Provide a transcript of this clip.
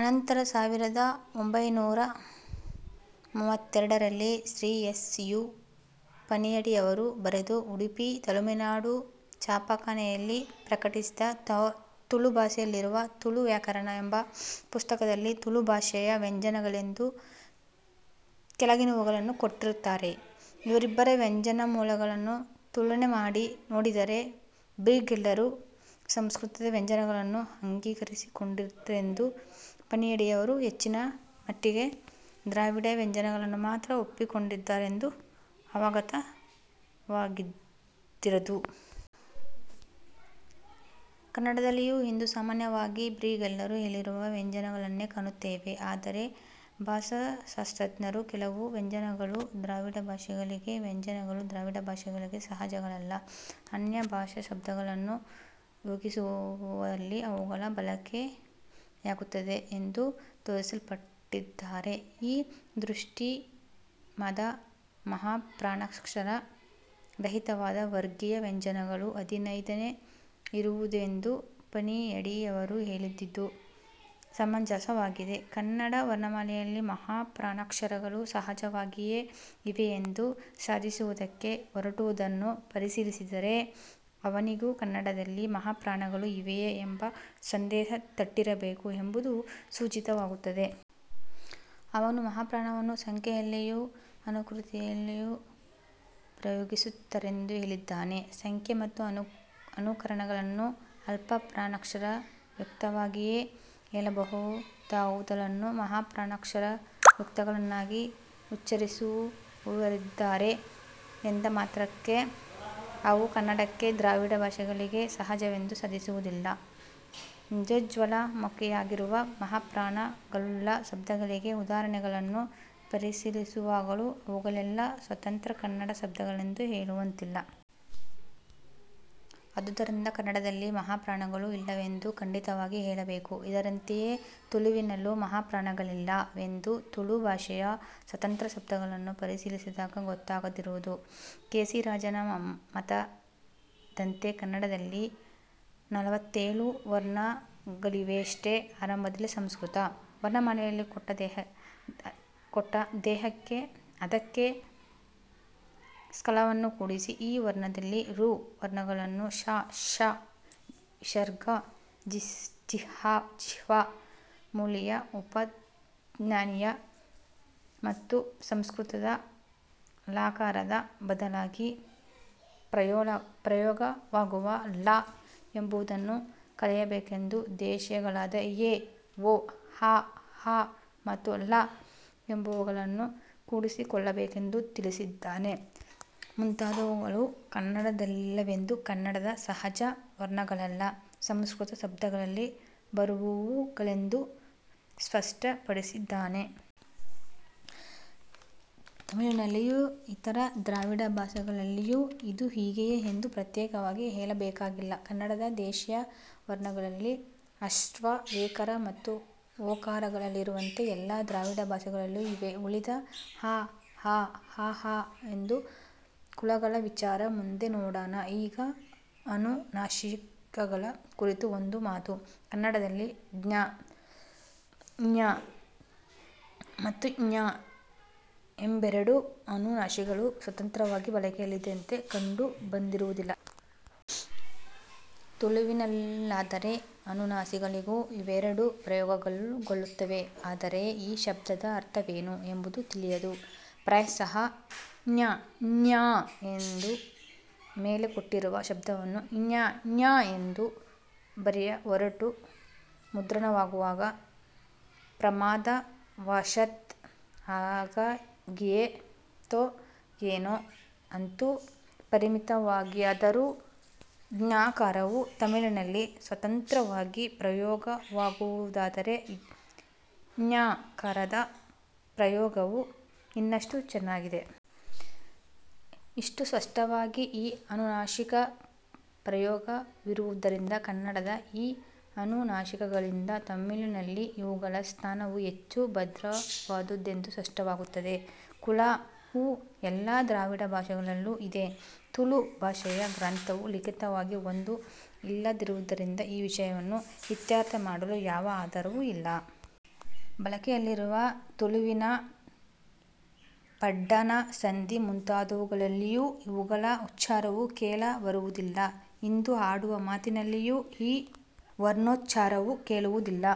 ಅನಂತರ ಸಾವಿರದ ಒಂಭೈನೂರ ಮೂವತ್ತೆರಡರಲ್ಲಿ ಶ್ರೀ ಎಸ್. ಯು. ಪಣಿಯಾಡಿಯವರು ಬರೆದು ಉಡುಪಿ ತುಳುನಾಡು ಛಾಪಖಾನೆಯಲ್ಲಿ ಪ್ರಕಟಿಸಿದ ತುಳು ಭಾಷೆಯಲ್ಲಿರುವ 'ತುಳು ವ್ಯಾಕರಣ' ಎಂಬ ಪುಸ್ತಕದಲ್ಲಿ ತುಳು ಭಾಷೆಯ ವ್ಯಂಜನಗಳೆಂದು ಕೆಳಗಿನವುಗಳನ್ನು ಕೊಟ್ಟಿದ್ದಾರೆ. ಇವರಿಬ್ಬರ ವ್ಯಂಜನಮಾಲೆಗಳನ್ನು ತುಲನೆ ಮಾಡಿ ನೋಡಿದರೆ, ಬ್ರಿಗೆಲ್ಲರು ಸಂಸ್ಕೃತದ ವ್ಯಂಜನಗಳನ್ನು ಅಂಗೀಕರಿಸಿಕೊಂಡಿದ್ದಾರೆಂದೂ ಪಣಿಯಾಡಿಯವರು ಹೆಚ್ಚಿನ ಮಟ್ಟಿಗೆ ದ್ರಾವಿಡ ವ್ಯಂಜನಗಳನ್ನು ಮಾತ್ರ ಒಪ್ಪಿಕೊಂಡಿದ್ದಾರೆಂದೂ ಅವಗತವಾಗದಿರದು. ಕನ್ನಡದಲ್ಲಿಯೂ ಇಂದು ಸಾಮಾನ್ಯವಾಗಿ ಬ್ರಿಗೆಲ್ಲರು ಹೇಳಿರುವ ವ್ಯಂಜನಗಳನ್ನೇ ಕಾಣುತ್ತೇವೆ. ಆದರೆ ಭಾಷಾಶಾಸ್ತ್ರಜ್ಞರು, ಕೆಲವು ವ್ಯಂಜನಗಳು ದ್ರಾವಿಡ ಭಾಷೆಗಳಿಗೆ ಸಹಜಗಳಲ್ಲ, ಅನ್ಯಭಾಷಾ ಶಬ್ದಗಳನ್ನು ಪ್ರಯೋಗಿಸುವಲ್ಲಿ ಅವುಗಳ ಬಳಕೆಯಾಗುತ್ತದೆ ಎಂದು ತೋರಿಸಿಕೊಟ್ಟಿದ್ದಾರೆ. ಈ ದೃಷ್ಟಿಯಿಮದ ಮಹಾಪ್ರಾಣಾಕ್ಷರ ರಹಿತವಾದ ವರ್ಗೀಯ ವ್ಯಂಜನಗಳು ಹದಿನೈದೇ ಇರುವುದೆಂದು ಪಣಿಯಾಡಿಯವರು ಹೇಳಿದುದು ಸಮಂಜಸವಾಗಿದೆ. ಕನ್ನಡ ವರ್ಣಮಾಲೆಯಲ್ಲಿ ಮಹಾಪ್ರಾಣಾಕ್ಷರಗಳು ಸಹಜವಾಗಿಯೇ ಇವೆಯೆಂದು ಸಾಧಿಸುವುದಕ್ಕೆ ಹೊರಟುದನ್ನು ಪರಿಶೀಲಿಸಿದರೆ ಅವನಿಗೂ ಕನ್ನಡದಲ್ಲಿ ಮಹಾಪ್ರಾಣಗಳು ಇವೆಯೇ ಎಂಬ ಸಂದೇಹ ತಟ್ಟಿರಬೇಕು ಎಂಬುದು ಸೂಚಿತವಾಗುತ್ತದೆ. ಅವನು ಮಹಾ ಪ್ರಾಣಗಳನ್ನು ಸಂಖ್ಯೆಯಲ್ಲಿಯೂ ಅನುಕೃತಿಗಳಲ್ಲಿಯೂ ಪ್ರಯೋಗಿಸುತ್ತಾರೆಂದೂ ಹೇಳಿದ್ದಾನೆ. ಸಂಖ್ಯೆ ಮತ್ತು ಅನುಕರಣಗಳನ್ನು ಅಲ್ಪಪ್ರಾಣಾಕ್ಷರಯುಕ್ತವಾಗಿಯೇ ಹೇಳಬೇಕಾದವುಗಳನ್ನು ಮಹಾಪ್ರಾಣಾಕ್ಷರಯುಕ್ತಗಳನ್ನಾಗಿ ಉಚ್ಚರಿಸುವವರಿದ್ದಾರೆ ಎಂದ ಮಾತ್ರಕ್ಕೆ ಅವು ಕನ್ನಡಕ್ಕೆ ದ್ರಾವಿಡ ಭಾಷೆಗಳಿಗೆ ಸಹಜವೆಂದು ಸಾಧಿಸುವಂತಿಲ್ಲ. 'ನಿಜೋಜ್ವಳಮಾಗಿ'ರುವ ಮಹಾಪ್ರಾಣ ಗಳುಳ್ಳ ಶಬ್ದಗಳಿಗೆ ಉದಾಹರಣೆಗಳನ್ನು ಪರಿಶೀಲಿಸುವಾಗಲೂ ಅವುಗಳೆಲ್ಲ ಸ್ವತಂತ್ರ ಕನ್ನಡ ಶಬ್ದಗಳೆಂದು ಹೇಳುವಂತಿಲ್ಲ. ಆದುದರಿಂದ ಕನ್ನಡದಲ್ಲಿ ಮಹಾಪ್ರಾಣಗಳು ಇಲ್ಲವೆಂದು ಖಂಡಿತವಾಗಿ ಹೇಳಬೇಕು. ಇದರಂತೆಯೇ ತುಳುವಿನಲ್ಲೂ ಮಹಾಪ್ರಾಣಗಳಿಲ್ಲ ವೆಂದು ತುಳು ಭಾಷೆಯ ಸ್ವತಂತ್ರ ಶಬ್ದಗಳನ್ನು ಪರಿಶೀಲಿಸಿದಾಗ ಗೊತ್ತಾಗದಿರದು. ಕೇಶಿರಾಜನ ಮತದಂತೆ ಕನ್ನಡದಲ್ಲಿ ನಲುವತ್ತೇಳು ವರ್ಣಗಳಿವೆಯಷ್ಟೆ. ಆರಂಭದಲ್ಲಿ ಸಂಸ್ಕೃತ ವರ್ಣಮಾಲೆಯಲ್ಲಿ ಕೊಟ್ಟು ಅದಕ್ಕೆ ಕ್ಷಳವನ್ನು ಕೂಡಿಸಿ ಆ ವರ್ಣಗಳಲ್ಲಿ ಋ ವರ್ಣಗಳನ್ನು ಶ, ಷ, ವಿಸರ್ಗ, ಜಿಹ್ವಾ ಮೂಲೀಯ ಉಪಧ್ಮಾನೀಯ ಮತ್ತು ಸಂಸ್ಕೃತದ ಲಕಾರದ ಬದಲಾಗಿ ಪ್ರಯೋಗವಾಗುವ ಳ ಎಂಬುದನ್ನೂ ಕಳೆಯಬೇಕೆಂದು ದೇಶೀಯಗಳಾದ ಎ, ಓ, ಱ, ೞ ಮತ್ತು ಳ ಎಂಬವುಗಳನ್ನು ಕೂಡಿಸಿಕೊಳ್ಳಬೇಕೆಂದೂ ತಿಳಿಸಿದ್ದಾನೆ ಇದರಿಂದ ಋ ವರ್ಣಗಳೇ ಮುಂತಾದವು ಕನ್ನಡದಲ್ಲಿಲ್ಲವೆಂದು ಕನ್ನಡದ ಸಹಜ ವರ್ಣಗಳಲ್ಲ, ಸಂಸ್ಕೃತ ಶಬ್ದಗಳಲ್ಲಿ ಬರುವುವುಗಳೆಂದು ಸ್ಪಷ್ಟಪಡಿಸಿದ್ದಾನೆ. ತುಳುವಿನಲ್ಲಿಯೂ ಇತರ ದ್ರಾವಿಡ ಭಾಷೆಗಳಲ್ಲಿಯೂ ಇದು ಹೀಗೆಯೇ ಎಂದು ಪ್ರತ್ಯೇಕವಾಗಿ ಹೇಳಬೇಕಾಗಿಲ್ಲ. ಕನ್ನಡದ ದೇಸೀಯ ವರ್ಣಗಳಲ್ಲಿ ಹ್ರಸ್ಟ ಎಕಾರ ಮತ್ತು ಒಕಾರಗಳಿರುವಂತೆ ಎಲ್ಲ ದ್ರಾವಿಡ ಭಾಷೆಗಳಲ್ಲೂ ಇವೆ. ಉಳಿದ ಅಱ, ಱೞ, ಮತ್ತು ಕುಳಗಳ ವಿಚಾರ ಮುಂದೆ ನೋಡೋಣ. ಈಗ ಅನುನಾಸಿಕಗಳ ಕುರಿತು ಒಂದು ಮಾತು:- ಕನ್ನಡದಲ್ಲಿ ಙ ಮತ್ತು ಞ ಎಂಬೆರಡು ಅನುನಾಸಿಕಗಳು ಸ್ವತಂತ್ರವಾಗಿ ಬಳಕೆಯಲ್ಲಿದ್ದಂತೆ ಕಂಡುಬರುವುದಿಲ್ಲ. ತುಳುವಿನಲ್ಲಾದರೆ ಅನುನಾಸಿಕಗಳೂ ಇವೆರಡೂ ಪ್ರಯೋಗಗೋಳ್ಳುತ್ತವೆ. ಆದರೆ ಈ ಶಬ್ದದ ಅರ್ಥವೇನು ಎಂಬುದು ತಿಳಿಯದು. ಪ್ರಾಯಶಃ ಞಙ್ಙಿ ಎಂದು ಮೇಲೆ ಕೊಟ್ಟಿರುವ ಶಬ್ದವನ್ನು ಞಙ್ ಎಂದು ಬರೆಯಹೊರಟು, ಮುದ್ರಣವಾಗುವಾಗ ಪ್ರಮಾದವಶಾತ್ ಹಾಗಾಯಿತೋ ಏನೋ! ಅಂತೂ ಪರಿಮಿತವಾಗಿಯಾದರೂ ಙಕಾರವು ತುಳುವಿನಲ್ಲಿ ಸ್ವತಂತ್ರವಾಗಿ ಪ್ರಯೋಗವಾಗುವುದಾದರೆ, ಞಕಾರದ ಪ್ರಯೋಗವು ಇನ್ನಷ್ಟು ಹೆಚ್ಚಾಗಿದೆ. ಇಷ್ಟು ಸ್ಪಷ್ಟವಾಗಿ ಈ ಅನುನಾಸಿಕ ಪ್ರಯೋಗವಿರುವುದರಿಂದ ಕನ್ನಡದ ಈ ಅನುನಾಸಿಕಗಳಿಗಿಂತ ತುಳುವಿನಲ್ಲಿ ಇವುಗಳ ಸ್ಥಾನವು ಹೆಚ್ಚು ಭದ್ರವಾದುದೆಂದು ಸ್ಪಷ್ಟವಾಗುತ್ತದೆ. ಕುಳ ವು ಎಲ್ಲ ದ್ರಾವಿಡ ಭಾಷೆಗಳಲ್ಲೂ ಇದೆ. ತುಳು ಭಷೆಯ ಗ್ರಂಥವು ಲಿಖಿತವಾಗಿ ಒಂದು ಇಲ್ಲದಿರುವುದರಿಂದ ಈ ವಿಷಯವನ್ನು ಇತ್ಯರ್ಥ ಮಾಡಲು ಯಾವ ಆಧಾರವೂ ಇಲ್ಲ. ಬಳಕೆಯಲ್ಲಿರುವ ತುಳುವಿನ ಪಾಡ್ದನ, ಸಂಧಿ ಮುಂತಾದವುಗಳಲ್ಲಿಯೂ ಇವುಗಳ ಉಚ್ಚಾರವು ಕೇಳ ಬರುವುದಿಲ್ಲ. ಇಂದು ಆಡುವ ಮಾತಿನಲ್ಲಿಯೂ ಈ ವರ್ಣೋಚ್ಚಾರವು ಕೇಳುವುದಿಲ್ಲ.